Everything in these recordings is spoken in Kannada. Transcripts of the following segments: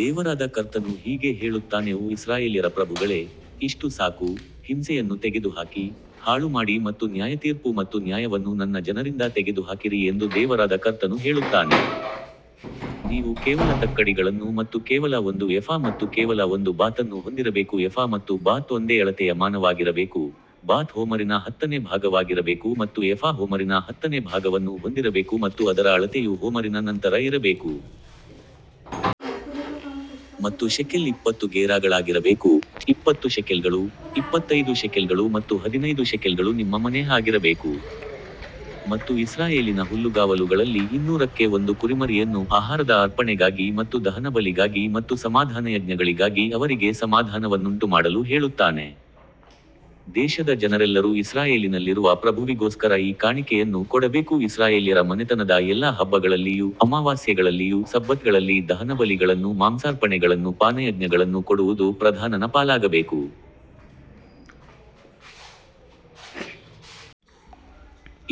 ದೇವರಾದ ಕರ್ತನು ಹೀಗೆ ಹೇಳುತ್ತಾನೆ ಓ ಇಸ್ರಾಯೇಲ್ಯರ ಪ್ರಭುಗಳೇ, ಇಷ್ಟು ಸಾಕು, ಹಿಂಸೆಯನ್ನು ತೆಗೆದುಹಾಕಿ, ಹಾಳುಮಾಡಿ ಮತ್ತು ನ್ಯಾಯತೀರ್ಪು ಮತ್ತು ನ್ಯಾಯವನ್ನು ನನ್ನ ಜನರಿಂದ ತೆಗೆದುಹಾಕಿರಿ ಎಂದು ದೇವರಾದ ಕರ್ತನು ಹೇಳುತ್ತಾನೆ. ನೀವು ಕೇವಲ ತಕ್ಕಡಿಗಳನ್ನು ಮತ್ತು ಕೇವಲ ಒಂದು ಎಫಾ ಮತ್ತು ಕೇವಲ ಒಂದು ಬಾತನ್ನು ಹೊಂದಿರಬೇಕು ಎಫಾ ಮತ್ತು ಬಾತ್ ಒಂದೇ ಅಳತೆಯ ಮಾನವಾಗಿರಬೇಕು, ಬಾತ್ ಹೋಮರಿನ ಹತ್ತನೇ ಭಾಗವಾಗಿರಬೇಕು ಮತ್ತು ಎಫಾ ಹೋಮರಿನ ಹತ್ತನೇ ಭಾಗವನ್ನು ಹೊಂದಿರಬೇಕು ಮತ್ತು ಅದರ ಅಳತೆಯು ಹೋಮರಿನ ನಂತರ ಇರಬೇಕು. ಮತ್ತು ಶೆಕೆಲ್ ಇಪ್ಪತ್ತು ಗೇರಾಗಳಾಗಿರಬೇಕು, ಇಪ್ಪತ್ತು ಶೆಕೆಲ್ಗಳು, ಇಪ್ಪತ್ತೈದು ಶೆಕೆಲ್ಗಳು ಮತ್ತು ಹದಿನೈದು ಶೆಕೆಲ್ಗಳು ನಿಮ್ಮ ಮನೇಹ್ ಆಗಿರಬೇಕು. ಮತ್ತು ಇಸ್ರಾಯೇಲಿನ ಹುಲ್ಲುಗಾವಲುಗಳಲ್ಲಿ ಇನ್ನೂರಕ್ಕೆ ಒಂದು ಕುರಿಮರಿಯನ್ನು ಆಹಾರದ ಅರ್ಪಣೆಗಾಗಿ ಮತ್ತು ದಹನಬಲಿಗಾಗಿ ಮತ್ತು ಸಮಾಧಾನಯಜ್ಞಗಳಿಗಾಗಿ ಅವರಿಗೆ ಸಮಾಧಾನವನ್ನುಂಟುಮಾಡಲು ಹೇಳುತ್ತಾನೆ. ದೇಶದ ಜನರೆಲ್ಲರೂ ಇಸ್ರಾಯೇಲಿನಲ್ಲಿರುವ ಪ್ರಭುವಿಗೋಸ್ಕರ ಈ ಕಾಣಿಕೆಯನ್ನು ಕೊಡಬೇಕು ಇಸ್ರಾಯೇಲ್ಯರ ಮನೆತನದ ಎಲ್ಲಾ ಹಬ್ಬಗಳಲ್ಲಿಯೂ ಅಮಾವಾಸ್ಯೆಗಳಲ್ಲಿಯೂ ಸಬ್ಬತ್ಗಳಲ್ಲಿ ದಹನಬಲಿಗಳನ್ನೂ ಮಾಂಸಾರ್ಪಣೆಗಳನ್ನೂ ಪಾನಯಜ್ಞಗಳನ್ನೂ ಕೊಡುವುದು ಪ್ರಧಾನನ ಪಾಲಾಗಬೇಕು.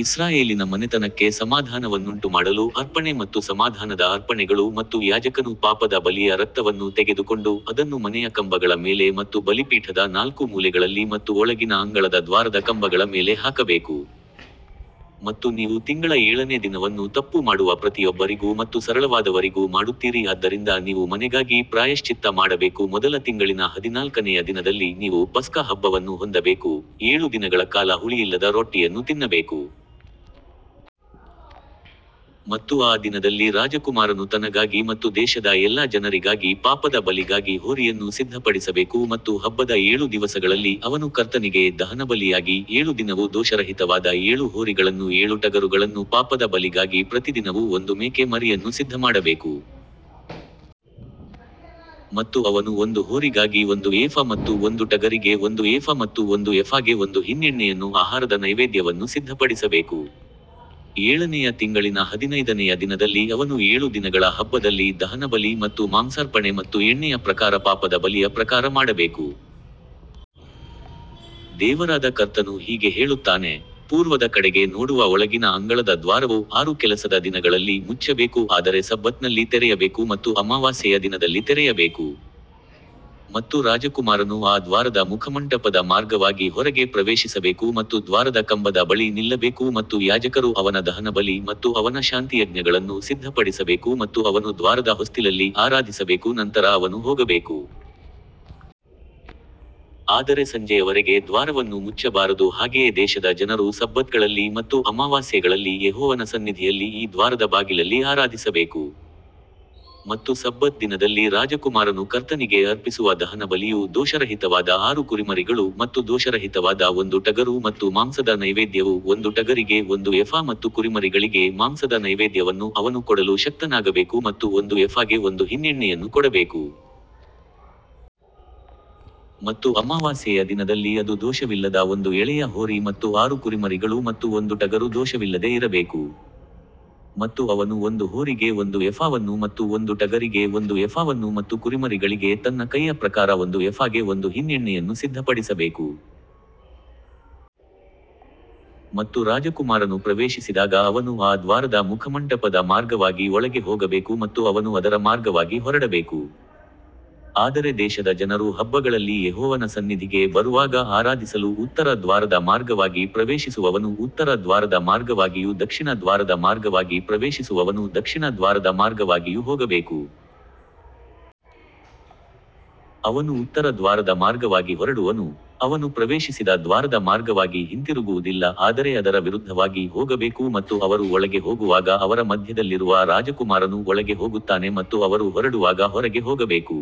ಇಸ್ರಾಯೇಲಿನ ಮನೆತನಕ್ಕೆ ಸಮಾಧಾನವನ್ನುಂಟುಮಾಡಲು ಅರ್ಪಣೆ ಮತ್ತು ಸಮಾಧಾನದ ಅರ್ಪಣೆಗಳು ಮತ್ತು ಯಾಜಕನು ಪಾಪದ ಬಲಿಯ ರಕ್ತವನ್ನು ತೆಗೆದುಕೊಂಡು ಅದನ್ನು ಮನೆಯ ಕಂಬಗಳ ಮೇಲೆ ಮತ್ತು ಬಲಿಪೀಠದ ನಾಲ್ಕು ಮೂಲೆಗಳಲ್ಲಿ ಮತ್ತು ಒಳಗಿನ ಅಂಗಳದ ದ್ವಾರದ ಕಂಬಗಳ ಮೇಲೆ ಹಾಕಬೇಕು. ಮತ್ತು ನೀವು ತಿಂಗಳ ಏಳನೇ ದಿನವನ್ನು ತಪ್ಪು ಮಾಡುವ ಪ್ರತಿಯೊಬ್ಬರಿಗೂ ಮತ್ತು ಸರಳವಾದವರಿಗೂ ಮಾಡುತ್ತೀರಿ ಆದ್ದರಿಂದ ನೀವು ಮನೆಗಾಗಿ ಪ್ರಾಯಶ್ಚಿತ್ತ ಮಾಡಬೇಕು ಮೊದಲ ತಿಂಗಳಿನ ಹದಿನಾಲ್ಕನೆಯ ದಿನದಲ್ಲಿ ನೀವು ಪಸ್ಕ ಹಬ್ಬವನ್ನು ಹೊಂದಬೇಕು, ಏಳು ದಿನಗಳ ಕಾಲ ಹುಳಿಯಿಲ್ಲದ ರೊಟ್ಟಿಯನ್ನು ತಿನ್ನಬೇಕು. ಮತ್ತು ಆ ದಿನದಲ್ಲಿ ರಾಜಕುಮಾರನು ತನಗಾಗಿ ಮತ್ತು ದೇಶದ ಎಲ್ಲಾ ಜನರಿಗಾಗಿ ಪಾಪದ ಬಲಿಗಾಗಿ ಹೋರಿಯನ್ನು ಸಿದ್ಧಪಡಿಸಬೇಕು ಮತ್ತು ಹಬ್ಬದ ಏಳು ದಿವಸಗಳಲ್ಲಿ ಅವನು ಕರ್ತನಿಗೆ ದಹನಬಲಿಯಾಗಿ ಏಳು ದಿನವೂ ದೋಷರಹಿತವಾದ ಏಳು ಹೋರಿಗಳನ್ನೂ ಏಳು ಟಗರುಗಳನ್ನೂ ಪಾಪದ ಬಲಿಗಾಗಿ ಪ್ರತಿದಿನವೂ ಒಂದು ಮೇಕೆ ಮರಿಯನ್ನೂ ಸಿದ್ಧಮಾಡಬೇಕು. ಮತ್ತು ಅವನು ಒಂದು ಹೋರಿಗಾಗಿ ಒಂದು ಏಫ ಮತ್ತು ಒಂದು ಟಗರಿಗೆ ಒಂದು ಏಫ ಮತ್ತು ಒಂದು ಎಫಾಗೆ ಒಂದು ಹಿನ್ ಎಣ್ಣೆಯನ್ನು ಆಹಾರದ ನೈವೇದ್ಯವನ್ನು ಸಿದ್ಧಪಡಿಸಬೇಕು. ಏಳನೆಯ ತಿಂಗಳಿನ ಹದಿನೈದನೆಯ ದಿನದಲ್ಲಿ ಅವನು ಏಳು ದಿನಗಳ ಹಬ್ಬದಲ್ಲಿ ದಹನಬಲಿ ಮತ್ತು ಮಾಂಸಾರ್ಪಣೆ ಮತ್ತು ಎಣ್ಣೆಯ ಪ್ರಕಾರ ಪಾಪದ ಬಲಿಯ ಪ್ರಕಾರ ಮಾಡಬೇಕು. ದೇವರಾದ ಕರ್ತನು ಹೀಗೆ ಹೇಳುತ್ತಾನೆ, ಪೂರ್ವದ ಕಡೆಗೆ ನೋಡುವ ಒಳಗಿನ ಅಂಗಳದ ದ್ವಾರವು ಆರು ಕೆಲಸದ ದಿನಗಳಲ್ಲಿ ಮುಚ್ಚಬೇಕು ಆದರೆ ಸಬ್ಬತ್ನಲ್ಲಿ ತೆರೆಯಬೇಕು ಮತ್ತು ಅಮಾವಾಸ್ಯೆಯ ದಿನದಲ್ಲಿ ತೆರೆಯಬೇಕು. ಮತ್ತು ರಾಜಕುಮಾರನು ಆ ದ್ವಾರದ ಮುಖಮಂಟಪದ ಮಾರ್ಗವಾಗಿ ಹೊರಗೆ ಪ್ರವೇಶಿಸಬೇಕು ಮತ್ತು ದ್ವಾರದ ಕಂಬದ ಬಳಿ ನಿಲ್ಲಬೇಕು ಮತ್ತು ಯಾಜಕರು ಅವನ ದಹನಬಲಿ ಮತ್ತು ಅವನ ಶಾಂತಿಯಜ್ಞಗಳನ್ನು ಸಿದ್ಧಪಡಿಸಬೇಕು ಮತ್ತು ಅವನು ದ್ವಾರದ ಹೊಸ್ತಿಲಲ್ಲಿ ಆರಾಧಿಸಬೇಕು ನಂತರ ಅವನು ಹೋಗಬೇಕು. ಆದರೆ ಸಂಜೆಯವರೆಗೆ ದ್ವಾರವನ್ನು ಮುಚ್ಚಬಾರದು ಹಾಗೆಯೇ ದೇಶದ ಜನರು ಸಬ್ಬತ್ಗಳಲ್ಲಿ ಮತ್ತು ಅಮಾವಾಸ್ಯೆಗಳಲ್ಲಿ ಯೆಹೋವನ ಸನ್ನಿಧಿಯಲ್ಲಿ ಈ ದ್ವಾರದ ಬಾಗಿಲಲ್ಲಿ ಆರಾಧಿಸಬೇಕು. ಮತ್ತು ಸಬ್ಬತ್ ದಿನದಲ್ಲಿ ರಾಜಕುಮಾರನು ಕರ್ತನಿಗೆ ಅರ್ಪಿಸುವ ದಹನಬಲಿಯು ದೋಷರಹಿತವಾದ ಆರು ಕುರಿಮರಿಗಳು ಮತ್ತು ದೋಷರಹಿತವಾದ ಒಂದು ಟಗರು ಮತ್ತು ಮಾಂಸದ ನೈವೇದ್ಯವು ಒಂದು ಟಗರಿಗೆ ಒಂದು ಎಫಾ ಮತ್ತು ಕುರಿಮರಿಗಳಿಗೆ ಮಾಂಸದ ನೈವೇದ್ಯವನ್ನು ಅವನು ಕೊಡಲು ಶಕ್ತನಾಗಬೇಕು ಮತ್ತು ಒಂದು ಎಫಾಗೆ ಒಂದು ಹಿನ್ ಎಣ್ಣೆಯನ್ನು ಕೊಡಬೇಕು. ಮತ್ತು ಅಮಾವಾಸ್ಯೆಯ ದಿನದಲ್ಲಿ ಅದು ದೋಷವಿಲ್ಲದ ಒಂದು ಎಳೆಯ ಹೋರಿ ಮತ್ತು ಆರು ಕುರಿಮರಿಗಳು ಮತ್ತು ಒಂದು ಟಗರು ದೋಷವಿಲ್ಲದೆ ಇರಬೇಕು. ಮತ್ತು ಅವನು ಒಂದು ಹೋರಿಗೆ ಒಂದು ಎಫಾವನ್ನು ಮತ್ತು ಒಂದು ಟಗರಿಗೆ ಒಂದು ಎಫಾವನ್ನು ಮತ್ತು ಕುರಿಮರಿಗಳಿಗೆ ತನ್ನ ಕೈಯ ಪ್ರಕಾರ ಒಂದು ಎಫಾಗೆ ಒಂದು ಹಿನ್ ಎಣ್ಣೆಯನ್ನು ಸಿದ್ಧಪಡಿಸಬೇಕು. ಮತ್ತು ರಾಜಕುಮಾರನು ಪ್ರವೇಶಿಸಿದಾಗ ಅವನು ಆ ದ್ವಾರದ ಮುಖಮಂಟಪದ ಮಾರ್ಗವಾಗಿ ಒಳಗೆ ಹೋಗಬೇಕು ಮತ್ತು ಅವನು ಅದರ ಮಾರ್ಗವಾಗಿ ಹೊರಡಬೇಕು. ಆದರೆ ದೇಶದ ಜನರು ಹಬ್ಬಗಳಲ್ಲಿ ಯೆಹೋವನ ಸನ್ನಿಧಿಗೆ ಬರುವಾಗ ಆರಾಧಿಸಲು ಉತ್ತರ ದ್ವಾರದ ಮಾರ್ಗವಾಗಿ ಪ್ರವೇಶಿಸುವವನು ಉತ್ತರ ದ್ವಾರದ ಮಾರ್ಗವಾಗಿಯೂ ದಕ್ಷಿಣ ದ್ವಾರದ ಮಾರ್ಗವಾಗಿ ಪ್ರವೇಶಿಸುವವನು ದಕ್ಷಿಣ ದ್ವಾರದ ಮಾರ್ಗವಾಗಿಯೂ ಹೋಗಬೇಕು. ಅವನು ಉತ್ತರ ದ್ವಾರದ ಮಾರ್ಗವಾಗಿ ಹೊರಡುವನು, ಅವನು ಪ್ರವೇಶಿಸಿದ ದ್ವಾರದ ಮಾರ್ಗವಾಗಿ ಹಿಂತಿರುಗುವುದಿಲ್ಲ ಆದರೆ ಅದರ ವಿರುದ್ಧವಾಗಿ ಹೋಗಬೇಕು ಮತ್ತು ಅವರು ಒಳಗೆ ಹೋಗುವಾಗ ಅವರ ಮಧ್ಯದಲ್ಲಿರುವ ರಾಜಕುಮಾರನು ಒಳಗೆ ಹೋಗುತ್ತಾನೆ ಮತ್ತು ಅವರು ಹೊರಡುವಾಗ ಹೊರಗೆ ಹೋಗಬೇಕು.